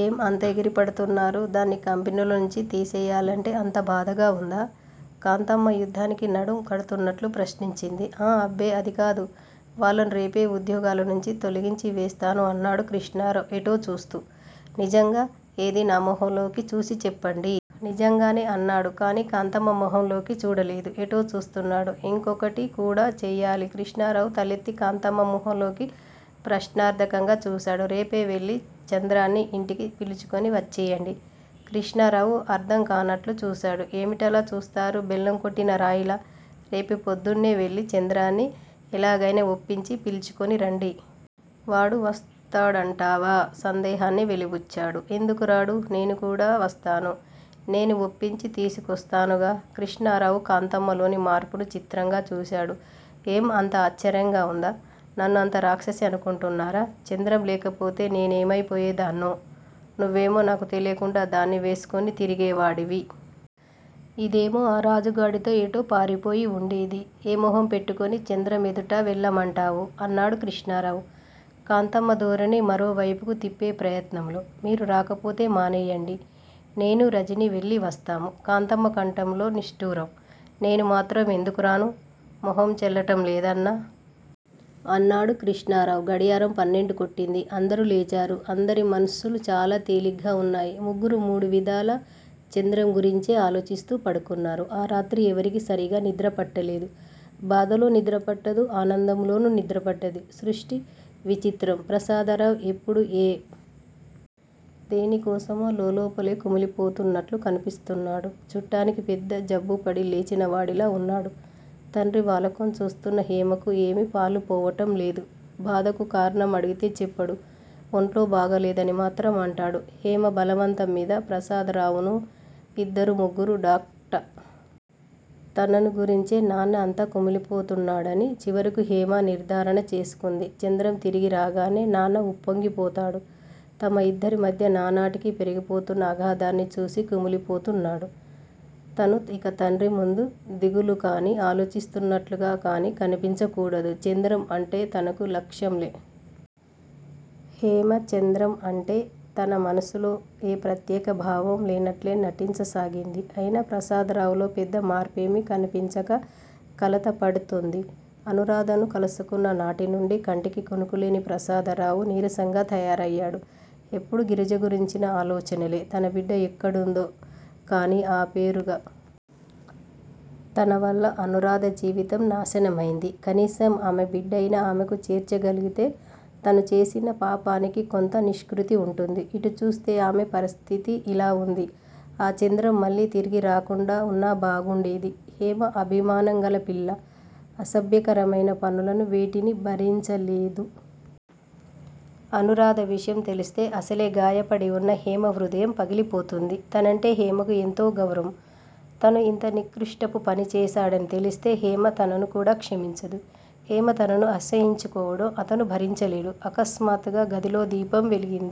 ఏం, అంత ఎగిరిపడుతున్నారు? దాన్ని కంపెనీలో నుంచి తియ్యాలంటే అంత బాధగా వుందా? కాంతమ్మ యుద్ధానికి నడుం కడుతున్నట్లు ప్రశ్నించింది. ఆ అబ్బే అదికాదు వాళ్ళను రేపే ఉద్యోగాల నుంచి తొలగించివేస్తాను అన్నాడు కృష్ణారావు ఎటో చూస్తూ. నిజంగా? ఏది నా మొహంలోకి చూసి చెప్పండి. నిజంగానే అన్నాడు కాని, కాంతమ్మ మొహంలోకి చూడలేదు. ఎటో చూస్తున్నాడు. ఇంకొకటి కూడా చెయ్యాలి. కృష్ణారావు తలెత్తి కాంతమ్మ మొహంలోకి ప్రశ్నార్థకంగా చూశాడు. రేపే వెళ్ళి చంద్రాన్ని ఇంటికి పిలుచుకొని వచ్చేయండి. కృష్ణారావు అర్థంకానట్లు చూశాడు. ఏమిటలా చూస్తారు బెల్లంకొట్టిన రాయిలా! రేపు పొద్దున్నే వెళ్ళి చంద్రాన్ని ఎలాగయినా ఒప్పించి పిల్చుకొని రండి. వాడు వస్తాడంటావా? సందేహాన్ని వెలిబుచ్చాడు. ఎందుకురాడూ? నేను కూడా వస్తాను. నేను ఒప్పించి తీసుకొస్తానుగా? కృష్ణారావు కాంతమ్మలోని మార్పును చిత్రంగా చూశాడు. ఏం, అంత ఆశ్చర్యంగా ఉందా? నన్ను అంత రాక్షసి అనుకుంటున్నారా? చంద్రం లేకపోతే నేనేమయిపోయేదాన్నో! నువ్వేమో నాకు తెలియకుండా దాన్ని వేసుకొని తిరిగేవాడివి. ఇదేమో ఆ రాజాగాడితో ఎటో పారిపోయి ఉండేది. ఏ మొహం పెట్టుకొని చంద్రం ఎదటకు వెళ్ళమంటావు? అన్నాడు కృష్ణారావు, కాంతమ్మ ధోరణిని మరోవైపుకు తిప్పే ప్రయత్నంలో. మీరు రాకపోతే మానేయండి. నేనూ, రజనీ వెళ్ళి తీసుకొస్తాం! కాంతమ్మ కంఠంలో నిష్ఠురం. నేను మాత్రం ఎందుకురాను? మొహం చెల్లటం లేదన్నాను. అన్నాడు కృష్ణారావు. గడియారం పన్నెండు కొట్టింది. అందరూ లేచారు. అందరి మనస్సులు చాలా తేలిగ్గా ఉన్నాయి. ముగ్గురూ మూడువిధాల చంద్రం గురించే ఆలోచిస్తూ పడుకున్నారు. ఆ రాత్రి ఎవరికీ సరిగా నిద్రపట్టలేదు. బాధలో నిద్రపట్టదు. ఆనందంలోనూ నిద్రపట్టదు. సృష్టి వైచిత్ర్యం! ప్రసాదరావు ఎప్పుడూ ఏదో పోగొట్టుకొన్నవాడిలా దిగాలుపడి కూర్చుంటాడు. దేనికోసమో లోలోపలే కుమిలిపోతున్నట్లు కనిపిస్తున్నాడు. చూట్టానికి పెద్ద జబ్బుపడి లేచినవాడిలా ఉన్నాడు. తండ్రి వాలకం చూస్తున్న హేమకు ఏమీ పాలుపోవటం లేదు. బాధకు కారణం అడిగితే చెప్పడు. ఒంట్లో బాగాలేదని మాత్రం అంటాడు. హేమ బలవంతంమీద ప్రసాదరావును ఇద్దరు, ముగ్గురు డాక్టర్లకు కూడా చూపించింది. కాని, ప్రత్యేకమయిన జబ్బేమీలేదని చెప్పటం జరిగింది. తనను గురించే నాన్న అంత కుమిలిపోతున్నాడని చివరకు హేమ నిర్ధారణ చేసుకుంది. చంద్రం తిరిగిరాగానే నాన్న ఉప్పొంగిపోయాడు. తమ ఇద్దరిమధ్యా నానాటికీ పెరుగుతున్న అగాధాన్ని చూసి కుమిలిపోతున్నాడు. తను ఇక తండ్రి ముందు దిగులుకాని, ఆలోచిస్తున్నట్లుగా కానీ కనిపించకూడదు. చంద్రం అంటే తనకు లక్ష్యం లేనట్లూ, ఇష్టం లేనట్లూ నటించాలి. హేమ చంద్రం అంటే తన మనస్సులో ఏ ప్రత్యేక భావం లేనట్లే నటించసాగింది. అయినా ప్రసాదరావులో పెద్ద మార్పేమీ కనిపించక కలతపడిపోతోంది. అనూరాధను కలుసుకున్న నాటినుండి కంటికి కునుకులేని ప్రసాదరావు నీరసంగా తయారయాడు. ఎప్పుడూ గిరిజ గురించిన ఆలోచనలే. తన బిడ్డ యెక్కడవుందో! కాని, ఆ పేరుగల పిల్లలు లేందే! తన వల్ల అనూరాధ జీవితం నాశనమయింది. కనీసం ఆమె బిడ్డనయినా ఆమెకు చేర్చగలిగితే తను చేసిన పాపానికి కొంత నిష్కృతి ఉంటుంది. ఇటు చూస్తే ఆమె పరిస్థితి ఇలా ఉంది! ఆ చంద్రం మళ్ళీ తిరిగిరాకుండా ఉన్నా బాగుండేది. హేమ అభిమానంగల పిల్ల. అసభ్యకరమైన పనులను వేటినీ భరించలేదు. అనూరాధ విషయం తెలిస్తే అసలే గాయపడి వున్న హేమ హృదయం పగిలిపోతుంది. తనంటే హేమకు యెంతో గౌరవం. తను ఇంత నికృష్టపు పని చేశాడని తెలిస్తే హేమ తనను కూడా క్షమించదు. హేమ తనను అసహ్యించుకోవటం తను భరించలేడు! ఆకస్మాత్తుగా గదిలో దీపం వెలిగింది.